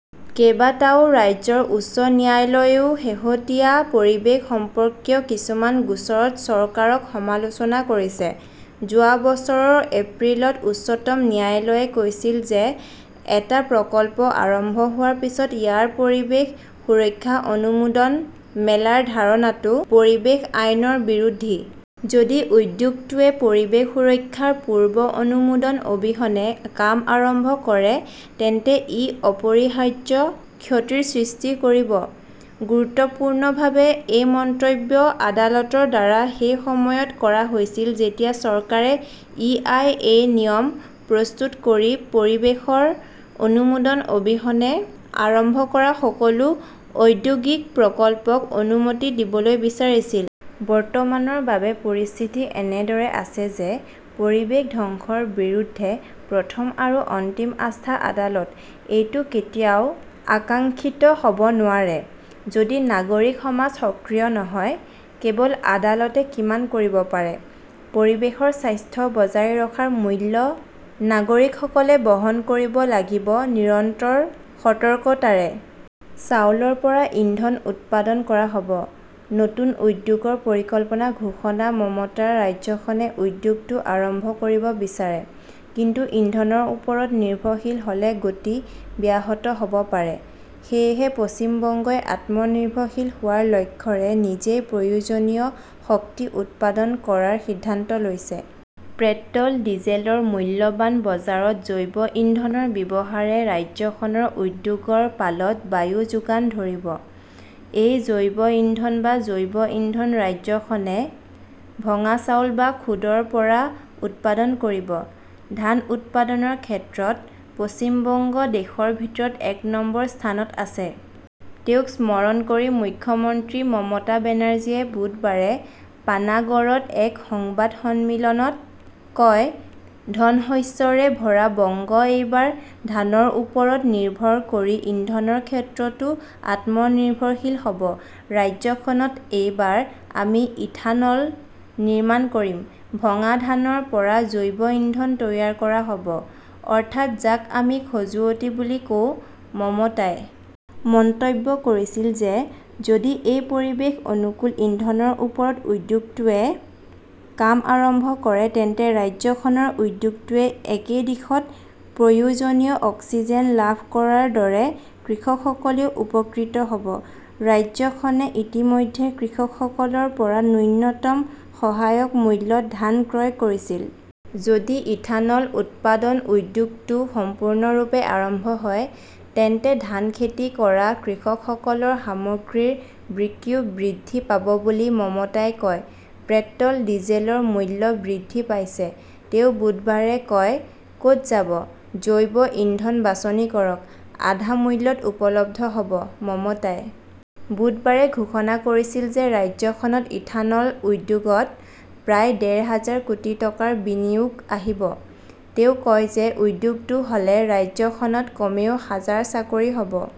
কেইবাটাও ৰাজ্যৰ উচ্চ ন্যায়ালয়েও শেহতীয়া পৰিৱেশ সম্পৰ্কীয় কিছুমান গোচৰত চৰকাৰক সমালোচনা কৰিছে। যোৱা বছৰৰ এপ্ৰিলত উচ্চতম ন্যায়ালয়ে কৈছিল যে এটা প্ৰকল্প আৰম্ভ হোৱাৰ পিছত ইয়াৰ পৰিৱেশ সুৰক্ষা অনুমোদন মেলাৰ ধাৰণাটো পৰিৱেশ আইনৰ বিৰোধী। যদি উদ্যোগটোৱে পৰিৱেশ সুৰক্ষাৰ পূৰ্ব অনুমোদন অবিহনে কাম আৰম্ভ কৰে তেন্তে ই অপৰিহাৰ্য ক্ষতিৰ সৃষ্টি কৰিব। গুৰুত্বপূৰ্ণভাৱে এই মন্তব্য আদালতৰ দ্বাৰা সেই সময়ত কৰা হৈছিল যেতিয়া চৰকাৰে ই. আই. এ. নিয়ম প্ৰস্তুত কৰি পৰিৱেশৰ অনুমোদন অবিহনে আৰম্ভ কৰা সকলো ঔদ্যোগিক প্ৰকল্পক অনুমতি দিবলৈ বিচাৰিছিল। বৰ্তমানৰ বাবে পৰিস্থিতি এনেদৰে আছে যে পৰিৱেশ ধ্বংসৰ বিৰুদ্ধে প্ৰথম আৰু অন্তিম আস্থা আদালত। এইটো কেতিয়াও আকাংক্ষিত হ'ব নোৱাৰে। যদি নাগৰিক সমাজ সক্ৰিয় নহয়, কেৱল আদালতে কিমান কৰিব পাৰে? পৰিৱেশৰ স্বাস্থ্য বজাই ৰখাৰ মূল্য নাগৰিকসকলে বহন কৰিব লাগিব নিৰন্তৰ সতৰ্কতাৰে। চাউলৰ পৰা ইন্ধন উৎপাদন কৰা হ'ব, নতুন উদ্যোগৰ পৰিকল্পনা ঘোষণা মমতাৰ ৰাজ্যখনে উদ্যোগটো আৰম্ভ কৰিব বিচাৰে। কিন্তু ইন্ধনৰ ওপৰত নিৰ্ভৰশীল হ'লে গতি ব্যাহত হ'ব পাৰে। সেয়েহে পশ্চিম বংগই আত্মনিৰ্ভৰশীল হোৱাৰ লক্ষ্যৰে নিজেই প্ৰয়োজনীয় শক্তি উৎপাদন কৰাৰ সিদ্ধান্ত লৈছে। পেট্ৰ'ল, ডিজেলৰ মূল্যৱান বজাৰত জৈৱ ইন্ধনৰ ব্যৱহাৰে ৰাজ্যখনৰ উদ্যোগৰ পালত বায়ু যোগান ধৰিব। এই জৈৱ ইন্ধন বা জৈৱ ইন্ধন ৰাজ্যখনে ভঙা চাউল বা খুডৰ পৰা উৎপাদন কৰিব। ধান উৎপাদনৰ ক্ষেত্ৰত পশ্চিম বংগ দেশৰ ভিতৰত এক নম্বৰ স্থানত আছে। তেওঁক স্মৰণ কৰি মুখ্যমন্ত্ৰী মমতা বেনাৰ্জীয়ে বুধবাৰে পানাগড়ত এক সংবাদ সন্মিলনত কয়, ধন শস্যৰে ভৰা বংগ এইবাৰ ধানৰ ওপৰত নিৰ্ভৰ কৰি ইন্ধনৰ ক্ষেত্ৰতো আত্মনিৰ্ভৰশীল হ'ব। ৰাজ্যখনত এইবাৰ আমি ইথানল নিৰ্মাণ কৰিম। ভঙা ধানৰ পৰা জৈৱ ইন্ধন তৈয়াৰ কৰা হ 'ব, অৰ্থাৎ যাক আমি খজুৱতি বুলি কওঁ। মমতাই মন্তব্য কৰিছিল যে যদি এই পৰিৱেশ অনুকূল ইন্ধনৰ ওপৰত উদ্যোগটোৱে কাম আৰম্ভ কৰে তেন্তে ৰাজ্যখনৰ উদ্যোগটোৱে একে দিশত প্ৰয়োজনীয় অক্সিজেন লাভ কৰাৰ দৰে কৃষকসকলেও উপকৃত হ'ব। ৰাজ্যখনে ইতিমধ্যে কৃষকসকলৰ পৰা ন্যূনতম সহায়ক মূল্যত ধান ক্ৰয় কৰিছিল। যদি ইথানল উৎপাদন উদ্যোগটো সম্পূৰ্ণৰূপে আৰম্ভ হয়, তেন্তে ধান খেতি কৰা কৃষকসকলৰ সামগ্ৰীৰ বিক্ৰীও বৃদ্ধি পাব বুলি মমতাই কয়। পেট্ৰ'ল, ডিজেলৰ মূল্য বৃদ্ধি পাইছে, তেওঁ বুধবাৰে কয়। ক'ত যাব, জৈৱ ইন্ধন বাছনি কৰক। আধা মূল্যত উপলব্ধ হ'ব। মমতাই বুধবাৰে ঘোষণা কৰিছিল যে ৰাজ্যখনত ইথানল উদ্যোগত প্ৰায় ডেৰ হাজাৰ কোটি টকাৰ বিনিয়োগ আহিব। তেওঁ কয় যে উদ্যোগটো হ'লে ৰাজ্যখনত কমেও হাজাৰ চাকৰি হ'ব।